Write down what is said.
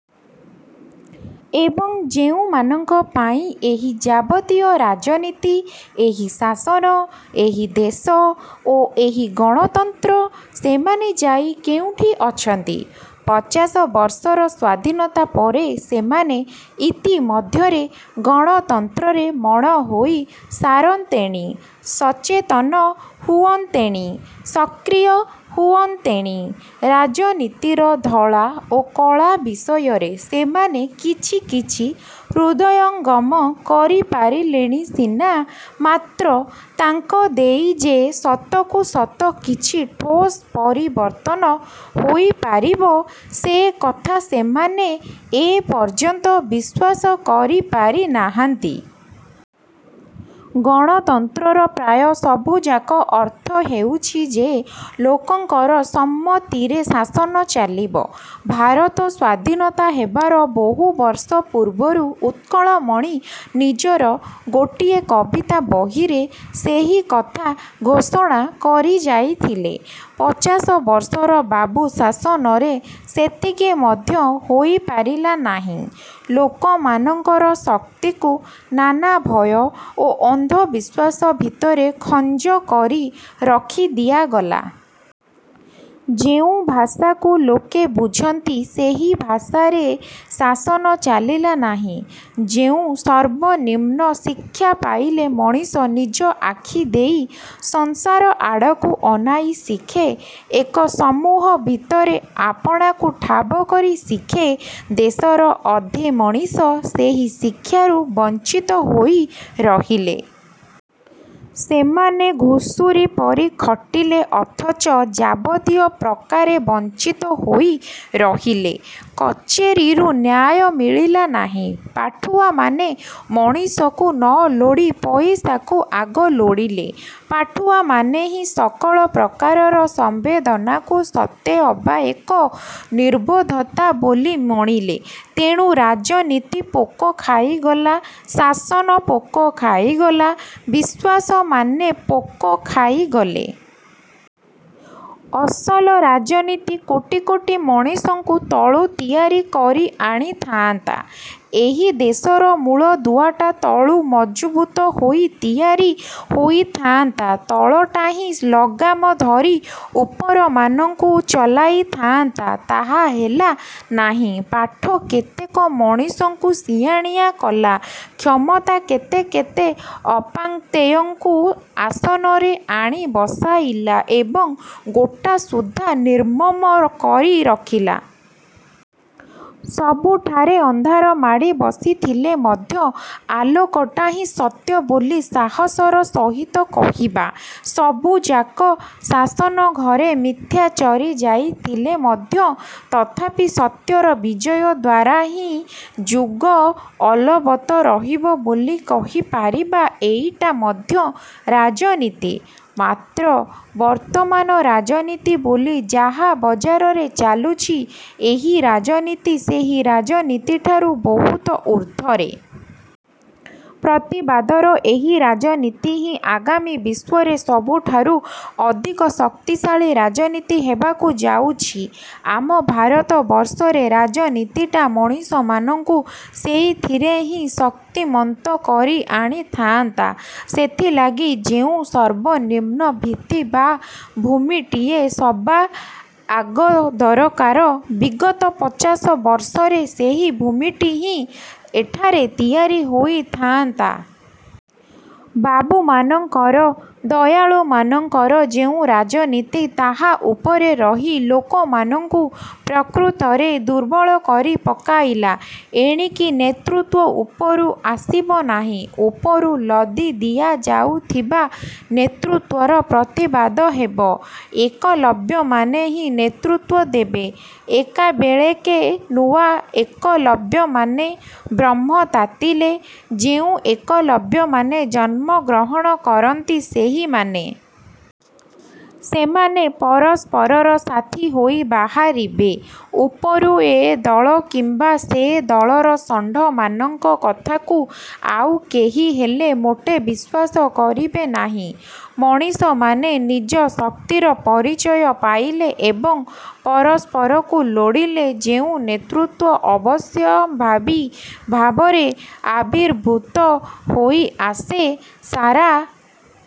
ଏବଂ ଯେଉଁମାନଙ୍କ ପାଇଁ ଏହି ଯାବତୀୟ ରାଜନୀତି, ଏହି ଶାସନ, ଏହି ଦେଶ ଓ ଏହି ଗଣତନ୍ତ୍ର, ସେମାନେ ଯାଇ କେଉଁଠି ଅଛନ୍ତି? ପଚାଶ ବର୍ଷର ସ୍ୱାଧୀନତା ପରେ ସେମାନେ ଇତିମଧ୍ୟରେ ଗଣତନ୍ତ୍ରରେ ମଣ ହୋଇ ସାରନ୍ତେଣି, ସଚେତନ ହୁଅନ୍ତେଣି, ସକ୍ରିୟ ହୁଅନ୍ତେଣି। ରାଜନୀତିର ଧଳା ଓ କଳା ବିଷୟରେ ସେମାନେ କିଛି କିଛି ହୃଦୟଙ୍ଗମ କରିପାରିଲେଣି ସିନା, ମାତ୍ର ତାଙ୍କ ଦେଇ ଯେ ସତକୁ ସତ କିଛି ଠୋସ୍ ପରିବର୍ତ୍ତନ ହୋଇପାରିବ ସେ କଥା ସେମାନେ ଏପର୍ଯ୍ୟନ୍ତ ବିଶ୍ୱାସ କରିପାରି ନାହାନ୍ତି। ଗଣତନ୍ତ୍ରର ପ୍ରାୟ ସବୁଯାକ ଅର୍ଥ ହେଉଛି ଯେ ଲୋକଙ୍କର ସମ୍ମତିରେ ଶାସନ ଚାଲିବ। ଭାରତ ସ୍ୱାଧୀନ ହେବାର ବହୁ ବର୍ଷ ପୂର୍ବରୁ ଉତ୍କଳମଣି ନିଜର ଗୋଟିଏ କବିତା ବହିରେ ସେହିକଥା ଘୋଷଣା କରିଯାଇଥିଲେ। ପଚାଶବର୍ଷର ବାବୁ ଶାସନରେ ସେତିକି ମଧ୍ୟ ହୋଇପାରିଲା ନାହିଁ। ଲୋକମାନଙ୍କର ଶକ୍ତିକୁ ନାନା ଭୟ ଓ ଅନ୍ଧବିଶ୍ୱାସ ଭିତରେ ଖଞ୍ଜ କରି ରଖି ଦିଆଗଲା। ଯେଉଁ ଭାଷାକୁ ଲୋକେ ବୁଝନ୍ତି ସେହି ଭାଷାରେ ଶାସନ ଚାଲିଲା ନାହିଁ। ଯେଉଁ ସର୍ବନିମ୍ନ ଶିକ୍ଷା ପାଇଲେ ମଣିଷ ନିଜ ଆଖି ଦେଇ ସଂସାର ଆଡ଼କୁ ଅନାଇ ଶିଖେ ଏକ ସମୂହ ଭିତରେ ଆପଣାକୁ ଠାବ କରି ଶିଖେ, ଦେଶର ଅଧେ ମଣିଷ ସେହି ଶିକ୍ଷାରୁ ବଞ୍ଚିତ ହୋଇ ରହିଲେ। ସେମାନେ ଘୁଷୁରି ପରି ଖଟିଲେ ଅଥଚ ଯାବତୀୟ ପ୍ରକାରେ ବଂଚିତ ହୋଇ ରହିଲେ। କଚେରୀରୁ ନ୍ୟାୟ ମିଳିଲା ନାହିଁ, ପାଠୁଆମାନେ ମଣିଷକୁ ନ ଲୋଡ଼ି ପଇସାକୁ ଆଗ ଲୋଡ଼ିଲେ, ପାଠୁଆମାନେ ହିଁ ସକଳ ପ୍ରକାରର ସଂବେଦନାକୁ ସତେଅବା ଏକ ନିର୍ବୋଧତା ବୋଲି ମଣିଲେ। ତେଣୁ ରାଜନୀତି ପୋକ ଖାଇଗଲା, ଶାସନ ପୋକ ଖାଇଗଲା, ବିଶ୍ୱାସମାନେ ପୋକ ଖାଇଗଲେ। ଅସଲ ରାଜନୀତି କୋଟି କୋଟି ମଣିଷଙ୍କୁ ତଳୁ ତିଆରି କରି ଆଣିଥାନ୍ତା। ଏହି ଦେଶର ମୂଳଦୁଆଟା ତଳୁ ମଜବୁତ ହୋଇ ତିଆରି ହୋଇଥାନ୍ତା, ତଳଟା ହିଁ ଲଗାମ ଧରି ଉପରମାନଙ୍କୁ ଚଲାଇ ଥାଆନ୍ତା। ତାହା ହେଲା ନାହିଁ। ପାଠ କେତେକ ମଣିଷଙ୍କୁ ସିଆଣିଆ କଲା, କ୍ଷମତା କେତେ କେତେ ଅପାଂକ୍ତେୟଙ୍କୁ ଆସନରେ ଆଣି ବସାଇଲା ଏବଂ ଗୋଟାସୁଦ୍ଧା ନିର୍ମମ କରି ରଖିଲା। ସବୁଠାରେ ଅନ୍ଧାର ମାଡ଼ି ବସିଥିଲେ ମଧ୍ୟ ଆଲୋକଟା ହିଁ ସତ୍ୟ ବୋଲି ସାହସର ସହିତ କହିବା, ସବୁଯାକ ଶାସନଘରେ ମିଥ୍ୟା ଚରି ଯାଇଥିଲେ ମଧ୍ୟ ତଥାପି ସତ୍ୟର ବିଜୟ ଦ୍ଵାରା ହିଁ ଯୁଗ ଅଲବତ ରହିବ ବୋଲି କହିପାରିବା ଏଇଟା ମଧ୍ୟ ରାଜନୀତି। ମାତ୍ର ବର୍ତ୍ତମାନ ରାଜନୀତି ବୋଲି ଯାହା ବଜାରରେ ଚାଲୁଛି, ଏହି ରାଜନୀତି ସେହି ରାଜନୀତି ଠାରୁ ବହୁତ ଉର୍ଦ୍ଧ୍ୱରେ। ପ୍ରତିବାଦର ଏହି ରାଜନୀତି ହିଁ ଆଗାମୀ ବିଶ୍ୱରେ ସବୁଠାରୁ ଅଧିକ ଶକ୍ତିଶାଳୀ ରାଜନୀତି ହେବାକୁ ଯାଉଛି। ଆମ ଭାରତବର୍ଷରେ ରାଜନୀତିଟା ମଣିଷମାନଙ୍କୁ ସେଇଥିରେ ହିଁ ଶକ୍ତିମନ୍ତ କରି ଆଣିଥାନ୍ତା। ସେଥିଲାଗି ଯେଉଁ ସର୍ବନିମ୍ନ ଭିତ୍ତି ବା ଭୂମିଟିଏ ସବାଆଗ ଦରକାର, ବିଗତ ପଚାଶ ବର୍ଷରେ ସେହି ଭୂମିଟି ହିଁ ଏଠାରେ ତିଆରି ହୋଇଥାଆନ୍ତା। ବାବୁମାନଙ୍କର, ଦୟାଳୁମାନଙ୍କର ଯେଉଁ ରାଜନୀତି, ତାହା ଉପରେ ରହି ଲୋକମାନଙ୍କୁ ପ୍ରକୃତରେ ଦୁର୍ବଳକରି ପକାଇଲା। ଏଣିକି ନେତୃତ୍ୱ ଉପରୁ ଆସିବ ନାହିଁ, ଉପରୁ ଲଦି ଦିଆଯାଉଥିବା ନେତୃତ୍ୱର ପ୍ରତିବାଦ ହେବ। ଏକଲବ୍ୟମାନେ ହିଁ ନେତୃତ୍ଵ ଦେବେ। ଏକାବେଳେକେ ନୂଆ ଏକଲବ୍ୟମାନେ, ବ୍ରହ୍ମ ତାତିଲେ ଯେଉଁ ଏକଲବ୍ୟମାନେ ଜନ୍ମଗ୍ରହଣ କରନ୍ତି ସେହିମାନେ। ସେମାନେ ପରସ୍ପରର ସାଥୀ ହୋଇ ବାହାରିବେ। ଉପରୁ ଏ ଦଳ କିମ୍ବା ସେ ଦଳର ଷଣ୍ଢମାନଙ୍କ କଥାକୁ ଆଉ କେହିହେଲେ ମୋଟେ ବିଶ୍ୱାସ କରିବେ ନାହିଁ। ମଣିଷମାନେ ନିଜ ଶକ୍ତିର ପରିଚୟ ପାଇଲେ ଏବଂ ପରସ୍ପରକୁ ଲୋଡ଼ିଲେ ଯେଉଁ ନେତୃତ୍ୱ ଅବଶ୍ୟମ୍ଭାବୀ ଭାବରେ ଆବିର୍ଭୂତ ହୋଇଆସେ, ସାରା